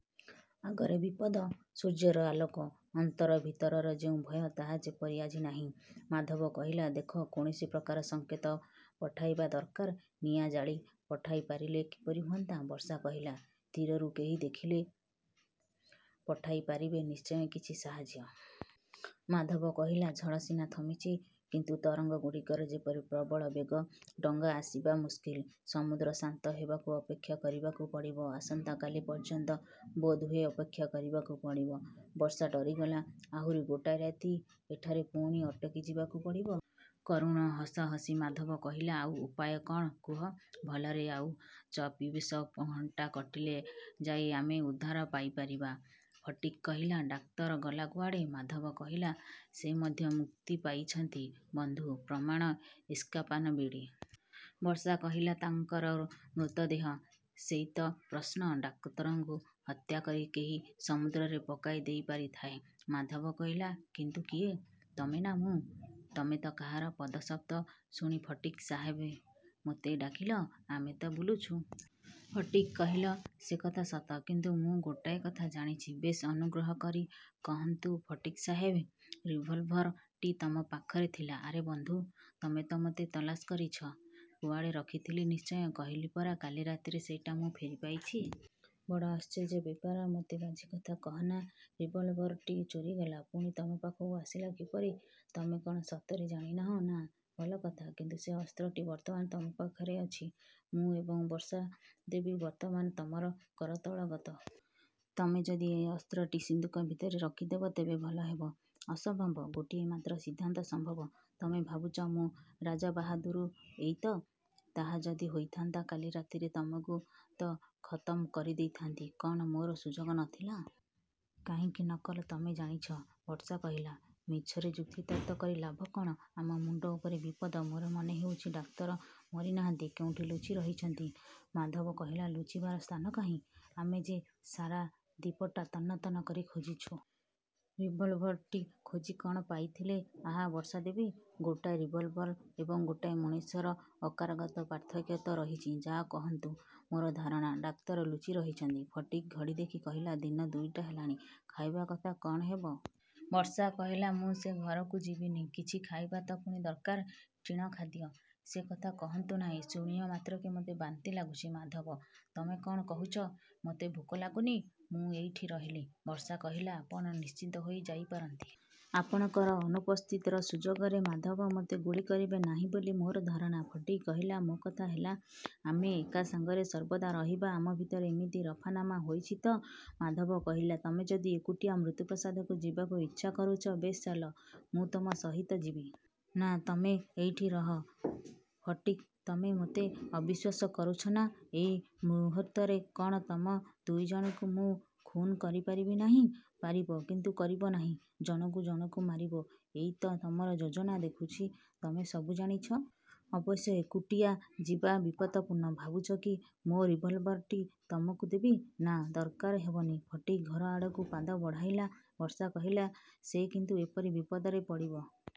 ଆଗରେ ବିପଦ। ସୂର୍ଯ୍ୟର ଆଲୋକ। ଅନ୍ତର ଭିତରର ଯେଉଁ ଭୟ ତାହା ଯେପରି ଆଜି ନାହିଁ। ମାଧବ କହିଲା, ଦେଖ, କୌଣସି ପ୍ରକାର ସଂକେତ ପଠାଇବା ଦରକାର। ନିଆଁ ଜାଳି ପଠାଇପାରିଲେ କିପରି ହୁଅନ୍ତା? ବର୍ଷା କହିଲା, ତୀରରୁ କେହି ଦେଖିଲେ ପଠାଇପାରିବେ ନିଶ୍ଚୟ କିଛି ସାହାଯ୍ୟ। ମାଧବ କହିଲା, ଝଡ଼ ସିନା ଥମିଛି, କିନ୍ତୁ ତରଙ୍ଗଗୁଡ଼ିକର ଯେପରି ପ୍ରବଳ ବେଗ, ଡଙ୍ଗା ଆସିବା ମୁସ୍କିଲ। ସମୁଦ୍ର ଶାନ୍ତ ହେବାକୁ ଅପେକ୍ଷା କରିବାକୁ ପଡ଼ିବ। ଆସନ୍ତା କାଲି ପର୍ଯ୍ୟନ୍ତ ବୋଧହୁଏ ଅପେକ୍ଷା କରିବାକୁ ପଡ଼ିବ। ବର୍ଷା ଡରିଗଲା। ଆହୁରି ଗୋଟାଏ ରାତି ଏଠାରେ ପୁଣି ଅଟକିଯିବାକୁ ପଡ଼ିବ! କରୁଣ ହସ ହସି ମାଧବ କହିଲା, ଆଉ ଉପାୟ କ'ଣ, କୁହ? ଭଲରେ ଆଉ ଚବିଶ ଘଣ୍ଟା କଟିଲେ ଯାଇ ଆମେ ଉଦ୍ଧାର ପାଇପାରିବା। ଫଟିକ୍ କହିଲା, ଡାକ୍ତର ଗଲା କୁଆଡ଼େ? ମାଧବ କହିଲା, ସେ ମଧ୍ୟ ମୁକ୍ତି ପାଇଛନ୍ତି, ବନ୍ଧୁ! ପ୍ରମାଣ? ଇସ୍କାପାନ ବିବି। ବର୍ଷା କହିଲା, ତାଙ୍କର ମୃତଦେହ? ସେଇ ତ ପ୍ରଶ୍ନ। ଡାକ୍ତରକୁ ହତ୍ୟା କରି କେହି ସମୁଦ୍ରରେ ପକାଇ ଦେଇପାରିଥାଏ। ମାଧବ କହିଲା, କିନ୍ତୁ କିଏ? ତମେ ନା ମୁଁ? ତମେ ତ କାହାର ପଦଶବ୍ଦ ଶୁଣି ଫଟିକ୍ ସାହେବ, ମୋତେ ଡାକିଲ, ଆମେ ତ ବୁଲୁଛୁ। ଫଟିକ୍ କହିଲା, ସେ କଥା ସତ, କିନ୍ତୁ ମୁଁ ଗୋଟାଏ କଥା ଜାଣିଛି। ବେଶ୍, ଅନୁଗ୍ରହ କରି କହନ୍ତୁ ଫଟିକ୍ ସାହେବ! ରିଭଲଭର ଟି ତମ ପାଖରେ ଥିଲା। ଆରେ ବୁଦ୍ଧୁ, ତମେ ତ ମୋତେ ତଲାସ କରିଛ? କୁଆଡ଼େ ରଖିଥିଲ ନିଶ୍ଚୟ। କହିଲି ପରା କାଲି ରାତିରେ ସେଇଟା ମୁଁ ଫେରିପାଇଛି। ବଡ଼ ଆଶ୍ଚର୍ଯ୍ୟ ବ୍ୟାପାର। ମୋତେ ବାଜେ କଥା କହନା। ରିଭଲଭର ଟି ଚୋରିଗଲା, ପୁଣି ତମ ପାଖକୁ ଆସିଲା କିପରି? ତମେ କ'ଣ ସତରେ ଜାଣନାହିଁ? ନା। ଭଲ କଥା। କିନ୍ତୁ ସେ ଅସ୍ତ୍ରଟି ବର୍ତ୍ତମାନ ତମ ପାଖରେ ଅଛି। ମୁଁ ଏବଂ ବର୍ଷା ଦେବୀ ବର୍ତ୍ତମାନ ତମର କରତଳଗତ। ତମେ ଯଦି ଏହି ଅସ୍ତ୍ରଟି ସିନ୍ଦୁକ ଭିତରେ ରଖିଦେବ ତେବେ ଭଲ ହେବ। ଅସମ୍ଭବ। ଗୋଟିଏ ମାତ୍ର ସିଦ୍ଧାନ୍ତ ସମ୍ଭବ। ତମେ ଭାବୁଛ ମୁଁ ରାଜାବାହାଦୁର, ଏଇ ତ? ତାହା ଯଦି ହୋଇଥାନ୍ତା କାଲି ରାତିରେ ତମକୁ ତ ଖତମ କରିଦେଇଥାନ୍ତି। କ'ଣ ମୋର ସୁଯୋଗ ନ ଥିଲା? କାହିଁକି ନ କଲ ତମେ ଜାଣିଛ। ବର୍ଷା କହିଲା, ମିଛରେ ଯୁକ୍ତିତର୍କ କରି ଲାଭ କ'ଣ! ଆମ ମୁଣ୍ଡ ଉପରେ ବିପଦ। ମୋର ମନେହେଉଛି ଡାକ୍ତର ମରିନାହାନ୍ତି, କେଉଁଠି ଲୁଚି ରହିଛନ୍ତି। ମାଧବ କହିଲା, ଲୁଚିବାର ସ୍ଥାନ କାହିଁ? ଆମେ ଯେ ସାରା ଦ୍ୱୀପଟା ତନ୍ନ ତନ୍ନ କରି ଖୋଜିଛୁ। ରିଭଲଭର ଟି ଖୋଜି କ'ଣ ପାଇଥିଲେ? ଆହା ବର୍ଷା ଦେବୀ, ଗୋଟାଏ ରିଭଲଭର ଏବଂ ଗୋଟାଏ ମଣିଷର ଆକାରଗତ ପାର୍ଥକ୍ୟ ତ ରହିଛି! ଯାହା କହନ୍ତୁ, ମୋର ଧାରଣା, ଡାକ୍ତର ଲୁଚିରହିଛନ୍ତି। ଫଟିକ୍ ଘଡ଼ି ଦେଖି କହିଲା, ଦିନ ଦୁଇଟା ହେଲାଣି। ଖାଇବା କଥା କ'ଣ ହେବ? ବର୍ଷା କହିଲା, ମୁଁ ସେ ଘରକୁ ଯିବିନି। କିଛି ଖାଇବା ତ ପୁଣି ଦରକାର? ଟିଣ ଖାଦ୍ୟ। ସେ କଥା କହନ୍ତୁ ନାହିଁ, ଶୁଣିବାମାତ୍ରକେ ମୋତେ ବାନ୍ତି ଲାଗୁଛି। ମାଧବ, ତମେ କ'ଣ କହୁଛ? ମୋତେ ଭୋକ ଲାଗୁନି, ମୁଁ ଏଇଠି ରହିଲି! ବର୍ଷା କହିଲା, ଆପଣ ନିଶ୍ଚିନ୍ତ ହୋଇ ଯାଇପାରନ୍ତି। ଆପଣଙ୍କର ଅନୁପସ୍ଥିତିର ସୁଯୋଗରେ ମାଧବ ମୋତେ ଗୁଳି କରିବେ ନାହିଁ ବୋଲି ମୋର ଧାରଣା। ଫଟିକ୍ କହିଲା, ମୋ କଥା ହେଲା, ଆମେ ଏକା ସାଙ୍ଗରେ ସର୍ବଦା ରହିବା, ଆମ ଭିତରେ ଏମିତି ରଫାନାମା ହୋଇଛି ତ! ମାଧବ କହିଲା, ତମେ ଯଦି ଏକୁଟିଆ ମୃତ୍ୟୁପ୍ରାସାଦକୁ ଯିବାକୁ ଇଚ୍ଛା କରୁଛ, ବେଶ୍ ଚାଲ, ମୁଁ ତମ ସହିତ ଯିବି। ନା, ତମେ ଏଇଠି ରହ। ଫଟିକ୍, ତମେ ମୋତେ ଅବିଶ୍ଵାସ କରୁଛ, ନା? ଏହି ମୁହୂର୍ତ୍ତରେ କ'ଣ ତମ ଦୁଇ ଜଣଙ୍କୁ ମୁଁ ଖୁନ୍ କରିପାରିବି ନାହିଁ? ପାରିବ, କିନ୍ତୁ କରିବ ନାହିଁ। ଜଣକୁ ଜଣକୁ ମାରିବ, ଏଇ ତ ତମର ଯୋଜନା। ଦେଖୁଛି, ତମେ ସବୁ ଜାଣିଛ। ଅବଶ୍ୟ ଏକୁଟିଆ ଯିବା ବିପଦପୂର୍ଣ୍ଣ। ଭାବୁଛ କି, ମୋ ରିଭଲଭର ଟି ତମକୁ ଦେବି? ନା, ଦରକାର ହେବନି। ଫଟିକ୍ ଘର ଆଡ଼କୁ ପାଦ ବଢ଼ାଇଲା। ବର୍ଷା କହିଲା, ସେ କିନ୍ତୁ ଏପରି ବିପଦରେ ପଡ଼ିବ।